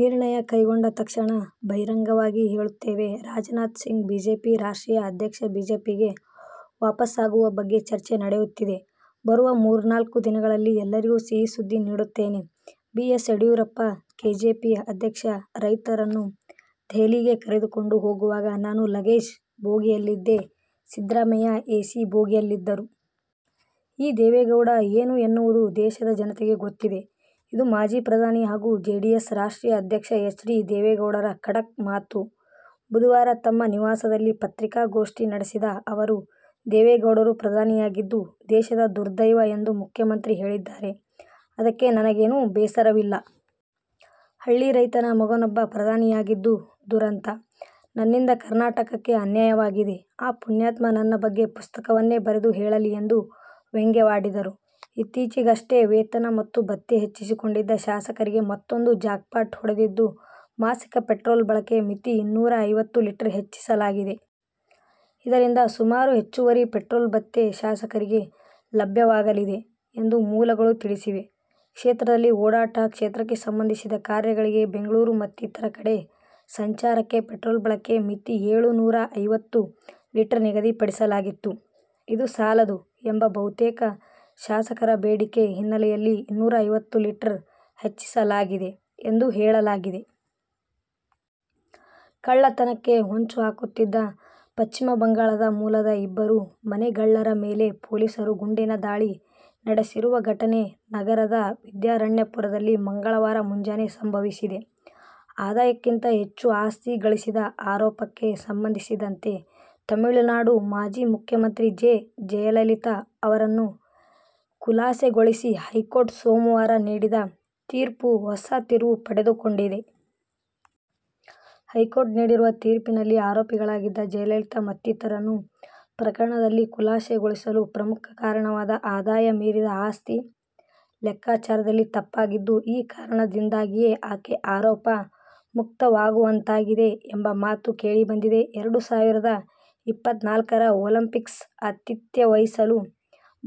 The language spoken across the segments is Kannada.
ನಿರ್ಣಯ ಕೈಗೊಂಡ ತಕ್ಷಣ ಬಹಿರಂಗವಾಗಿ ಹೇಳುತ್ತೇವೆ-ರಾಜನಾಥ್ ಸಿಂಗ್, ಬಿಜೆಪಿ ರಾಷ್ಟ್ರೀಯ ಅಧ್ಯಕ್ಷ ಬಿಜೆಪಿಗೆ ವಾಪಸಾಗುವ ಬಗ್ಗೆ ಚರ್ಚೆ ನಡೆಯುತ್ತಿದೆ. ಬರುವ ಮೂರ್ನಾಲ್ಕು ದಿನಗಳಲ್ಲಿ ಎಲ್ಲರಿಗೂ ಸಿಹಿ ಸುದ್ದಿ ನೀಡುತ್ತೇನೆ-ಬಿ. ಎಸ್. ಯಡಿಯೂರಪ್ಪ, ಕೆಜೆಪಿ ಅಧ್ಯಕ್ಷ ರೈತರನ್ನು ದೆಹಲಿಗೆ ಕರೆದುಕೊಂಡು ಹೋಗುವಾಗ ನಾನು ಲಗೇಜ್ ಬೋಗಿಯಲ್ಲಿದ್ದೆ, ಸಿದ್ದರಾಮಯ್ಯ ಎ ಸಿ ಬೋಗಿಯಲ್ಲಿದ್ದರು. ಈ ದೇವೇಗೌಡ ಏನು ಎನ್ನುವುದು ದೇಶದ ಜನತೆಗೆ ಗೊತ್ತಿದೆ. ಇದು ಮಾಜಿ ಪ್ರಧಾನಿ ಹಾಗೂ ಜೆಡಿಎಸ್ ರಾಷ್ಟ್ರೀಯ ಅಧ್ಯಕ್ಷ ಎಚ್. ಡಿ. ದೇವೇಗೌಡರ ಖಡಕ್ ಮಾತು. ಬುಧವಾರ ತಮ್ಮ ನಿವಾಸದಲ್ಲಿ ಪತ್ರಿಕಾಗೋಷ್ಠಿ ನಡೆಸಿದ ಅವರು, ದೇವೇಗೌಡರು ಪ್ರಧಾನಿಯಾಗಿದ್ದು ದೇಶದ ದುರ್ದೈವ ಎಂದು ಮುಖ್ಯಮಂತ್ರಿ ಹೇಳಿದ್ದಾರೆ, ಅದಕ್ಕೆ ನನಗೇನೂ ಬೇಸರವಿಲ್ಲ. ಹಳ್ಳಿ ರೈತನ ಮಗನೊಬ್ಬ ಪ್ರಧಾನಿಯಾಗಿದ್ದು ದುರಂತ. ನನ್ನಿಂದ ಕರ್ನಾಟಕಕ್ಕೆ ಅನ್ಯಾಯವಾಗಿದೆ. ಆ ಪುಣ್ಯಾತ್ಮ ನನ್ನ ಬಗ್ಗೆ ಪುಸ್ತಕವನ್ನೇ ಬರೆದು ಹೇಳಲಿ ಎಂದು ವ್ಯಂಗ್ಯವಾಡಿದರು. ಇತ್ತೀಚೆಗಷ್ಟೇ ವೇತನ ಮತ್ತು ಭತ್ಯೆ ಹೆಚ್ಚಿಸಿಕೊಂಡಿದ್ದ ಶಾಸಕರಿಗೆ ಮತ್ತೂಂದು ಜಾಕ್ಪಾಟ್' ಹೊಡೆದಿದ್ದು, ಮಾಸಿಕ ಪೆಟ್ರೋಲ್ ಬಳಕೆ ಮಿತಿ ಇನ್ನೂರ ಐವತ್ತು ಲೀಟರ್ ಹೆಚ್ಚಿಸಲಾಗಿದೆ. ಇದರಿಂದ ಸುಮಾರು ಹೆಚ್ಚುವರಿ ಪೆಟ್ರೋಲ್ ಭತ್ಯೆ ಶಾಸಕರಿಗೆ ಲಭ್ಯವಾಗಲಿದೆ ಎಂದು ಮೂಲಗಳು ತಿಳಿಸಿವೆ. ಕ್ಷೇತ್ರದಲ್ಲಿ ಓಡಾಟ, ಕ್ಷೇತ್ರಕ್ಕೆ ಸಂಬಂಧಿಸಿದ ಕಾರ್ಯಗಳಿಗೆ ಬೆಂಗಳೂರು ಮತ್ತಿತರ ಕಡೆ ಸಂಚಾರಕ್ಕೆ ಪೆಟ್ರೋಲ್ ಬಳಕೆ ಮಿತಿ ಏಳು ನೂರ ಐವತ್ತು ಲೀಟರ್ ನಿಗದಿ ಪಡಿಸಲಾಗಿತ್ತು. ಇದು ಸಾಲದು ಎಂಬ ಬಹುತೇಕ ಶಾಸಕರ ಬೇಡಿಕೆ ಹಿನ್ನೆಲೆಯಲ್ಲಿ ಇನ್ನೂರ ಐವತ್ತು ಲೀಟರ್ ಹೆಚ್ಚಿಸಲಾಗಿದೆ ಎಂದು ಹೇಳಲಾಗಿದೆ. ಕಳ್ಳತನಕ್ಕೆ ಹೊಂಚುಹಾಕುತ್ತಿದ್ದ ಪಶ್ಚಿಮಬಂಗಾಳದ ಮೂಲದ ಇಬ್ಬರು ಮನೆಗಳ್ಳರ ಮೇಲೆ ಪೊಲೀಸರು ಗುಂಡಿನ ದಾಳಿ ನಡೆಸಿರುವ ಘಟನೆ ನಗರದ ವಿದ್ಯಾರಣ್ಯಪುರದಲ್ಲಿ ಮಂಗಳವಾರ ಮುಂಜಾನೆ ಸಂಭವಿಸಿದೆ. ಆದಾಯಕ್ಕಿಂತ ಹೆಚ್ಚು ಆಸ್ತಿ ಗಳಿಸಿದ ಆರೋಪಕ್ಕೆ ಸಂಬಂಧಿಸಿದಂತೆ ತಮಿಳುನಾಡು ಮಾಜಿ ಮುಖ್ಯಮಂತ್ರಿ ಜೆ. ಜಯಲಲಿತಾ ಅವರನ್ನು ಖುಲಾಸೆಗೊಳಿಸಿ ಹೈಕೋರ್ಟ್ ಸೋಮವಾರ ನೀಡಿದ ತೀರ್ಪು ಹೊಸ ತಿರುವು ಪಡೆದುಕೊಂಡಿದೆ. ಹೈಕೋರ್ಟ್ ನೀಡಿರುವ ತೀರ್ಪಿನಲ್ಲಿ ಆರೋಪಿಗಳಾಗಿದ್ದ ಜಯಲಲಿತಾ ಮತ್ತಿತರರನ್ನು ಪ್ರಕರಣದಲ್ಲಿ ಖುಲಾಸೆಗೊಳಿಸಲು ಪ್ರಮುಖ ಕಾರಣವಾದ ಆದಾಯ ಮೀರಿದ ಆಸ್ತಿ ಲೆಕ್ಕಾಚಾರದಲ್ಲಿ ತಪ್ಪಾಗಿದ್ದು, ಈ ಕಾರಣದಿಂದಾಗಿಯೇ ಆಕೆ ಆರೋಪ ಮುಕ್ತವಾಗುವಂತಾಗಿದೆ ಎಂಬ ಮಾತು ಕೇಳಿಬಂದಿದೆ. ಎರಡು ಸಾವಿರದ ಇಪ್ಪತ್ನಾಲ್ಕರ ಒಲಿಂಪಿಕ್ಸ್ ಆತಿಥ್ಯ ವಹಿಸಲು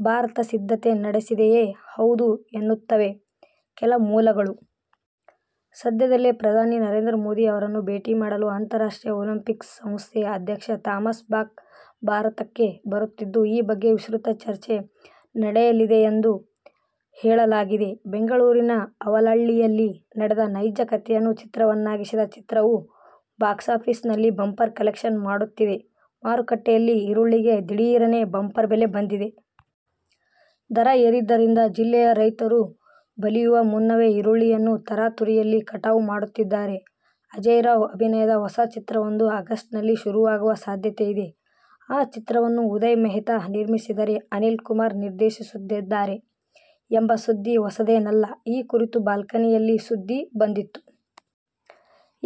ಭಾರತ ಸಿದ್ಧತೆ ನಡೆಸಿದೆಯೇ ಹೌದು ಎನ್ನುತ್ತವೆ ಕೆಲ ಮೂಲಗಳು. ಸದ್ಯದಲ್ಲೇ ಪ್ರಧಾನಿ ನರೇಂದ್ರ ಮೋದಿ ಅವರನ್ನು ಭೇಟಿ ಮಾಡಲು ಅಂತಾರಾಷ್ಟ್ರೀಯ ಒಲಿಂಪಿಕ್ಸ್ ಸಂಸ್ಥೆ ಅಧ್ಯಕ್ಷ ಥಾಮಸ್ ಬಾಕ್ ಭಾರತಕ್ಕೆ ಬರುತ್ತಿದ್ದು, ಈ ಬಗ್ಗೆ ವಿಸ್ತೃತ ಚರ್ಚೆ ನಡೆಯಲಿದೆಯೆಂದು ಹೇಳಲಾಗಿದೆ. ಬೆಂಗಳೂರಿನ ಅವಲಹಳ್ಳಿಯಲ್ಲಿ ನಡೆದ ನೈಜ ಕಥೆಯನ್ನು ಚಿತ್ರವನ್ನಾಗಿಸಿದ ಚಿತ್ರವು ಬಾಕ್ಸಾಫೀಸ್'ನಲ್ಲಿ ಬಂಪರ್ ಕಲೆಕ್ಷನ್ ಮಾಡುತ್ತಿದೆ. ಮಾರುಕಟ್ಟೆಯಲ್ಲಿ ಈರುಳ್ಳಿಗೆ ದಿಢೀರನೇ ಬಂಪರ್ ಬೆಲೆ ಬಂದಿದೆ. ದರ ಏರಿದ್ದರಿಂದ ಜಿಲ್ಲೆಯ ರೈತರು ಬಲಿಯುವ ಮುನ್ನವೇ ಈರುಳ್ಳಿಯನ್ನು ತರಾತುರಿಯಲ್ಲಿ ಕಟಾವು ಮಾಡುತ್ತಿದ್ದಾರೆ. ಅಜೇಯ್ ರಾವ್ ಅಭಿನಯದ ಹೊಸ ಚಿತ್ರವೊಂದು ಆಗಸ್ಟ್ನಲ್ಲಿ ಶುರುವಾಗುವ ಸಾಧ್ಯತೆ ಇದೆ, ಆ ಚಿತ್ರವನ್ನು ಉದಯ್ ಮೆಹ್ತಾ ನಿರ್ಮಿಸಿದರೆ, ಅನಿಲ್ ಕುಮಾರ್ ನಿರ್ದೇಶಿಸುತ್ತಿದ್ದಾರೆ ಎಂಬ ಸುದ್ದಿ ಹೊಸದೇನಲ್ಲ. ಈ ಕುರಿತು ಬಾಲ್ಕನಿಯಲ್ಲಿ ಸುದ್ದಿ ಬಂದಿತ್ತು.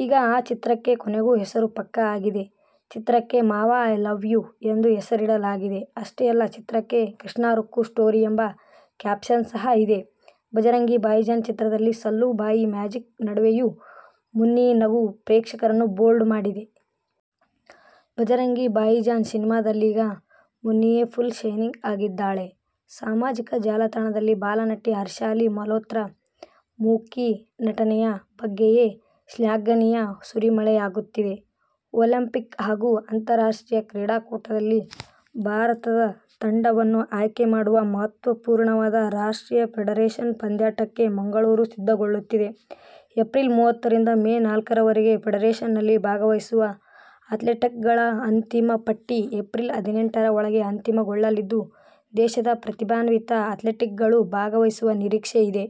ಈಗ ಆ ಚಿತ್ರಕ್ಕೆ ಕೊನೆಗೂ ಹೆಸರು ಪಕ್ಕಾ ಆಗಿದೆ. ಚಿತ್ರಕ್ಕೆ ಮಾವ ಐ ಲವ್ ಯು ಎಂದು ಹೆಸರಿಡಲಾಗಿದೆ. ಅಷ್ಟೇ ಅಲ್ಲ, ಚಿತ್ರಕ್ಕೆ ಕೃಷ್ಣ-ರುಕ್ಕು ಸ್ಟೋರಿ ಎಂಬ ಕ್ಯಾಪ್ಶನ್ ಸಹ ಇದೆ. ಭಜರಂಗಿ ಭಾಯಿಜಾನ್ ಚಿತ್ರದಲ್ಲಿ ಸಲ್ಲೂ ಭಾಯ್ ಮ್ಯಾಜಿಕ್ ನಡುವೆಯೂ ಮುನ್ನಿ ನಗು ಪ್ರೇಕ್ಷಕರನ್ನು ಬೋಲ್ಡ್ ಮಾಡಿದೆ. ಭಜರಂಗಿ ಭಾಯಿಜಾನ್ ಸಿನಿಮಾದಲ್ಲೀಗ ಮುನ್ನಿಯೇ ಫುಲ್ ಶೈನಿಂಗ್ ಆಗಿದ್ದಾಳೆ. ಸಾಮಾಜಿಕ ಜಾಲತಾಣದಲ್ಲಿ ಬಾಲನಟಿ ಹರ್ಷಾಲಿ ಮಲ್ಹೋತ್ರಾ ಮೂಕಿ ನಟನೆಯ ಬಗ್ಗೆಯೇ ಶ್ಲಾಘನೆಯ ಸುರಿಮಳೆಯಾಗುತ್ತಿದೆ. ಒಲಿಂಪಿಕ್ ಹಾಗೂ ಅಂತಾರಾಷ್ಟ್ರೀಯ ಕ್ರೀಡಾಕೂಟದಲ್ಲಿ ಭಾರತದ ತಂಡವನ್ನು ಆಯ್ಕೆ ಮಾಡುವ ಮಹತ್ವಪೂರ್ಣವಾದ ರಾಷ್ಟ್ರೀಯ ಫೆಡರೇಶನ್ ಪಂದ್ಯಾಟಕ್ಕೆ ಮಂಗಳೂರು ಸಿದ್ದಗೊಳ್ಳುತ್ತಿದೆ. ಏಪ್ರಿಲ್ ಮೂವತ್ತರಿಂದ ಮೇ ನಾಲ್ಕರ ವರೆಗೆ ಫೆಡರೇಶನ್ನಲ್ಲಿ ಭಾಗವಹಿಸುವ ಆ್ಯತ್ಲೀಟ್ಗಳ ಅಂತಿಮ ಪಟ್ಟಿ ಏಪ್ರಿಲ್ ಹದಿನೆಂಟರ ಒಳಗೆ ಅಂತಿಮಗೊಳ್ಳಲಿದ್ದು, ದೇಶದ ಪ್ರತಿಭಾನ್ವಿತ ಆ್ಯತ್ಲೀಟ್ಗಳು ಭಾಗವಹಿಸುವ ನಿರೀಕ್ಷೆ ಇದೆ.